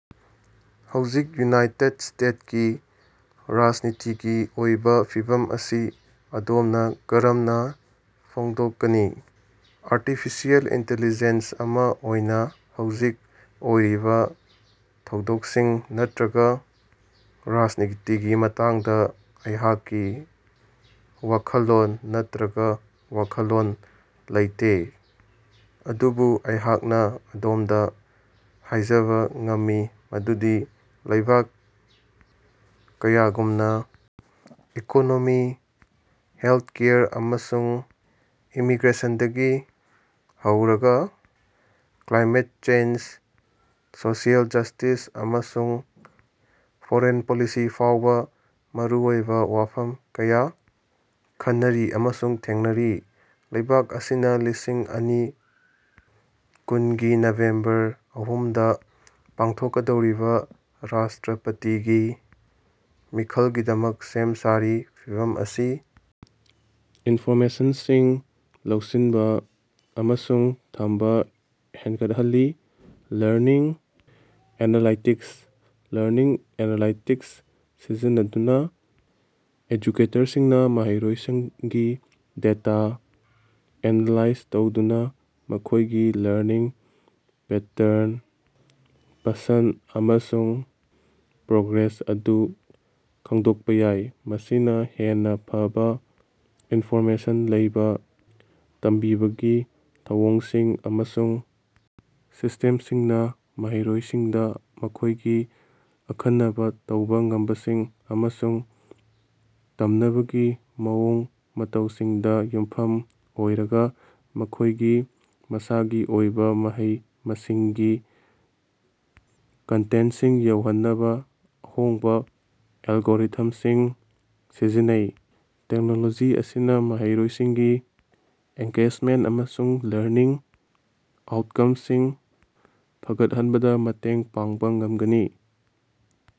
ꯍꯧꯖꯤꯛ ꯌꯨꯅꯥꯏꯇꯦꯗ ꯁ꯭ꯇꯦꯇꯁꯀꯤ ꯔꯥꯖꯅꯤꯇꯤꯒꯤ ꯑꯣꯏꯕ ꯐꯤꯚꯝ ꯑꯁꯤ ꯑꯗꯣꯝꯅ ꯀꯔꯝꯅ ꯐꯣꯡꯗꯣꯛꯀꯅꯤ? ꯑꯥꯔꯇꯤꯐꯤꯁꯤꯑꯦꯜ ꯏꯟꯇꯤꯂꯤꯖꯦꯟꯁ ꯑꯃ ꯑꯣꯏꯅ ꯍꯧꯖꯤꯛ ꯑꯣꯏꯔꯤꯕ ꯊꯧꯗꯣꯛꯁꯤꯡ ꯅꯠꯇꯔꯒ ꯔꯥꯖꯅꯤꯇꯤꯒꯤ ꯃꯇꯥꯡꯗ ꯑꯩꯍꯥꯛꯀꯤ ꯋꯥꯈꯜꯂꯣꯟ ꯅꯠꯇꯔꯒ‌ ꯋꯥꯈꯜꯂꯣꯟ ꯂꯩꯇꯦ꯫ ꯑꯗꯨꯕꯨ ꯑꯩꯍꯥꯛꯅ ꯑꯗꯣꯝꯗ ꯍꯥꯏꯖꯕꯥ ꯉꯝꯃꯤ ꯃꯗꯨꯗꯤ ꯂꯩꯕꯥꯛ ꯀꯌꯥꯒꯨꯝꯅ ꯏꯀꯣꯅꯣꯃꯤ, ꯍꯦꯜꯊꯀꯦꯌꯔ, ꯑꯃꯁꯨꯡ ꯏꯃꯤꯒ꯭ꯔꯦꯁꯟꯗꯒꯤ ꯍꯧꯔꯒꯥ ꯀ꯭ꯂꯥꯏꯃꯦꯠ ꯆꯦꯟꯖ, ꯁꯣꯁꯤꯑꯦꯜ ꯖ꯭ꯁꯇꯤꯁ, ꯑꯃꯁꯨꯡ ꯐꯣꯔꯦꯟ ꯄꯣꯂꯤꯁꯤ ꯐꯥꯎꯕ ꯃꯔꯨꯑꯣꯏꯕ ꯋꯥꯐꯝ ꯀꯌꯥ ꯈꯟꯅꯔꯤ ꯑꯃꯁꯨꯡ ꯊꯦꯡꯅꯔꯤ꯫ ꯂꯩꯕꯥꯛ ꯑꯁꯤꯅ ꯂꯤꯁꯤꯡ ꯑꯅꯤ ꯀꯨꯟꯒꯤ ꯅꯕꯦꯝꯕꯔ ꯑꯍꯨꯝꯗꯥ ꯄꯥꯡꯊꯣꯛꯀꯗꯧꯔꯤꯕ ꯔꯥꯁꯇ꯭ꯔꯄꯥꯇꯤꯒꯤ ꯃꯤꯈꯜꯒꯤꯗꯃꯛ ꯁꯦꯝ ꯁꯥꯔꯤ, ꯐꯤꯚꯝ ꯑꯁꯤ ꯏꯟꯐꯣꯔꯃꯦꯁꯟꯁꯤꯡ ꯂꯧꯁꯤꯟꯕ ꯑꯃꯁꯨꯡ ꯊꯝꯕ ꯍꯦꯟꯒꯠꯍꯜꯂꯤ꯫ ꯂꯔꯅꯤꯡ ꯑꯦꯅꯥꯂꯥꯏꯇꯤꯛꯁ - ꯂꯔꯅꯤꯡ ꯑꯦꯅꯥꯂꯥꯏꯇꯤꯛꯁ ꯁꯤꯖꯤꯟꯅꯗꯨꯅ ꯑꯦꯖꯨꯀꯦꯇꯔꯁꯤꯡꯅ ꯃꯍꯩꯔꯣꯏꯁꯤꯡꯒꯤ ꯗꯦꯇꯥ ꯑꯦꯅꯥꯂꯥꯏꯖ ꯇꯧꯗꯨꯅ ꯃꯈꯣꯏꯒꯤ ꯂꯔꯅꯤꯡ ꯄꯦꯇꯔꯟ, ꯄꯁꯟꯗ ꯑꯃꯁꯨꯡ ꯄ꯭ꯔꯣꯒ꯭ꯔꯦꯁ ꯑꯗꯨ ꯈꯪꯗꯣꯛꯄ ꯌꯥꯏ, ꯃꯁꯤꯅ ꯍꯦꯟꯅ ꯐꯕꯥ ꯏꯟꯐꯣꯔꯃꯦꯁꯟ ꯂꯩꯕ ꯇꯝꯕꯤꯕꯒꯤ ꯊꯧꯑꯣꯡꯁꯤꯡ ꯑꯃꯁꯨꯡ ꯁꯤꯁꯇꯦꯝꯁꯤꯡꯅ ꯃꯍꯩꯔꯣꯏꯁꯤꯡꯗ ꯃꯈꯣꯏꯒꯤ ꯑꯈꯟꯅꯕꯥ ꯇꯧꯕ ꯉꯝꯕꯁꯤꯡ ꯑꯃꯁꯨꯡ ꯇꯝꯅꯕꯒꯤ ꯃꯑꯣꯡ ꯃꯇꯧꯁꯤꯡꯗ ꯌꯨꯝꯐꯝ ꯑꯣꯏꯔꯒ, ꯃꯈꯣꯏꯒꯤ ꯃꯁꯥꯒꯤ ꯑꯣꯏꯕ ꯃꯍꯩ-ꯃꯁꯤꯡꯒꯤ ꯀꯟꯇꯦꯟꯇꯁꯤꯡ ꯌꯧꯍꯟꯅꯕꯥ ꯑꯍꯣꯡꯕ ꯑꯦꯜꯒꯣꯔꯤꯊꯝꯁꯤꯡ ꯁꯤꯖꯤꯟꯅꯩ꯫ ꯇꯦꯛꯅꯣꯂꯣꯖꯤ ꯑꯁꯤꯅ ꯃꯍꯩꯔꯣꯏꯁꯤꯡꯒꯤ ꯑꯦꯡꯒꯦꯖꯃꯦꯟꯇ ꯑꯃꯁꯨꯡ ꯂꯔꯅꯤꯡ ꯑꯥꯎꯠꯀꯝꯁꯤꯡ ꯐꯒꯠꯍꯟꯕꯗ ꯃꯇꯦꯡ ꯄꯥꯡꯕ ꯉꯝꯒꯅꯤ꯫